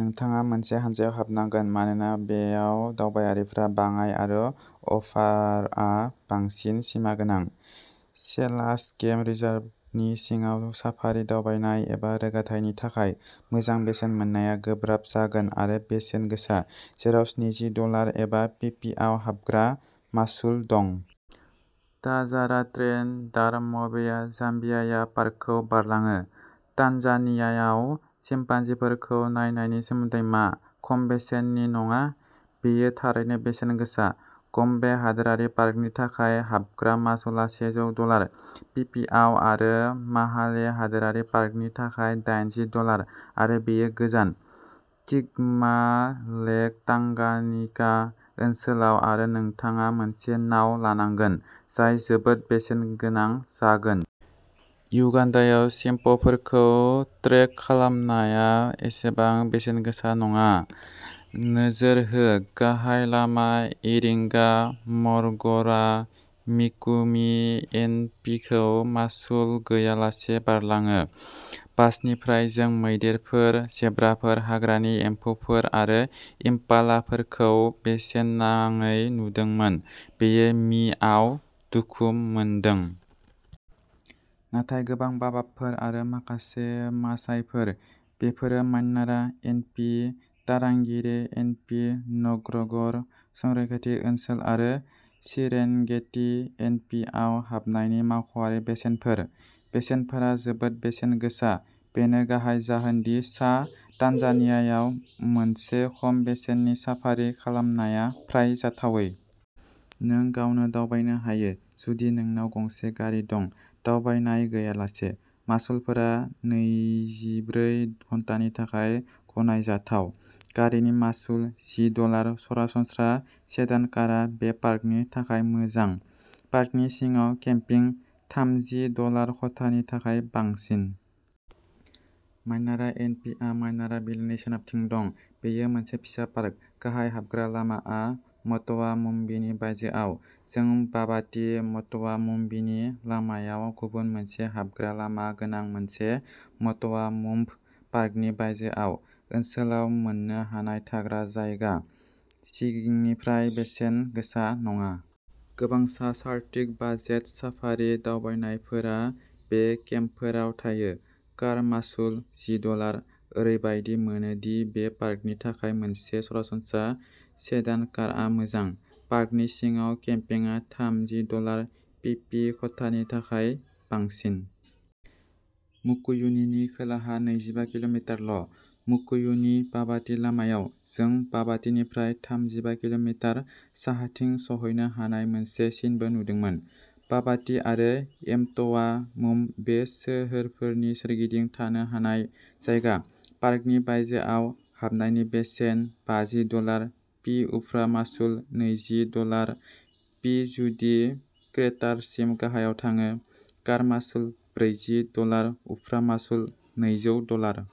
नोंथाङा मोनसे हान्जायाव हाबनांगोन, मानोना बेयाव दावबायारिफ्रा बाङाय आरो अफारआ बांसिन सिमागोनां, सेलास गेम रिजार्भनि सिङाव साफारि दावबायनाय एबा रोगाथायनि थाखाय मोजां बेसेन मोननाया गोब्राब जागोन आरो बेसेन गोसा, जेराव स्निजि डलार एबा पिपिआव हाबग्रा मासुल दं। ताजारा ट्रेन दार-मबेया-जाम्बियाया पार्कखौ बारलाङो। तान्जानियायाव चिम्पान्जिफोरखौ नायनायनि सोमोन्दै मा? खम बेसेननि? नङा, बेयो थारैनो बेसेन गोसा। गम्बे हादोरारि पार्कनि थाखाय हाबग्रा मासुलआ सेजौ डलार/पिपिआव आरो माहाले हादोरारि पार्कनि थाखाय दाइनजि डलार आरो बेयो गोजान, किग'मा-लेक टांगानिका ओनसोलाव आरो नोंथाङा मोनसे नाव लानांगोन जाय जोबोद बेसेन गोनां जागोन। उगान्डायाव, चिम्पफोरखौ ट्रेक खालामनाया एसेबां बेसेन गोसा नङा। नोजोर होः गाहाय लामा इरिंगा-मर'गर'आ मिकुमि एनपिखौ मासुल गैयालासे बारलाङो। बासनिफ्राय, जों मैदेरफोर, जेब्राफोर, हाग्रानि एम्फौफोर आरो इम्पालाफोरखौ बेसेन नाङै नुदोंमोन बेयो मि आव दुखु मोनदों। नाथाय गोबां बाबाबफोर आरो माखासे मासाइफोर। बेफोरो Manyara N P, Tarangire N P, Ngorongoro' संरैखाथि ओनसोल आरो सेरेनगेटि एन पि आव हाबनायनि मावख'आरि बेसेनफोर। बेसेनफोरा जोबोद बेसेन गोसा, बेनो गाहाय जाहोन दि सा तान्जानियायाव मोनसे खम बेसेननि साफारि खालामनाया फ्राय जाथावै। नों गावनो दावबायनो हायो, जुदि नोंनाव गंसे गारि दं, दावबायनाय गैयालासे। मासुलफोरा नैजिब्रै घन्टानि थाखाय गनायजाथाव। गारिनि मासुलः जि डलार। सरासनस्रा सेडान कारआ बे पार्कनि थाखाय मोजां। पार्कनि सिङाव केम्पिंः थामजि डलार खथानि थाखाय बांसिन। मन्यारा एन पि आ मन्यारा बिलोनि सोनाबथिं दं, बेयो मोनसे फिसा पार्क। गाहाय हाबग्रा लामाआ म्ट'वा म्बुनि बायजोआव। जों बाबाति-म्ट'वा म्बुनि लामायाव गुबुन मोनसे हाबग्रा लामा गोनां मोनसे एमट'वा म्बुः पार्कनि बायजोआव, ओनसोलाव मोननो हानाय थाग्रा जायगा, सिंनिफ्राय बेसेन गोसा नङा। गोबां सा सार्किट बाजेट साफारि दावबायनायफोरा बे केम्पफोराव थायो। कार मासुलः जि डलार। ओरैबायदि मोनो दि बे पार्कनि थाखाय मोनसे सरासनस्रा सेडान कारआ मोजां। पार्कनि सिङाव केम्पिंगआ थामजि डलार/पि पि खथानि थाखाय बांसिन। माकुयुनिनि खोलाहा नैजिबा किल'मिटारल', माकुयुनि-बाबाति लामायाव। जों बाबातिनिफ्राय थामजिबा किल'मिटार साहाथिं सौहैनो हानाय मोनसे सिनबो नुदोंमोन। बाबाति आरो एमट'वा मुम बे सोहोरफोरनि सोरगिदिं थानो हानाय जायगा, पार्कनि बायजोआव। हाबनायनि बेसेनः बाजि डलार पि उफ्रा मासुलः नैजि डलार पि जुदि क्रेटारसिम गाहायाव थाङो। कार मासुलः ब्रैजि डलार। उफ्रा मासुलः नैजौ डलार।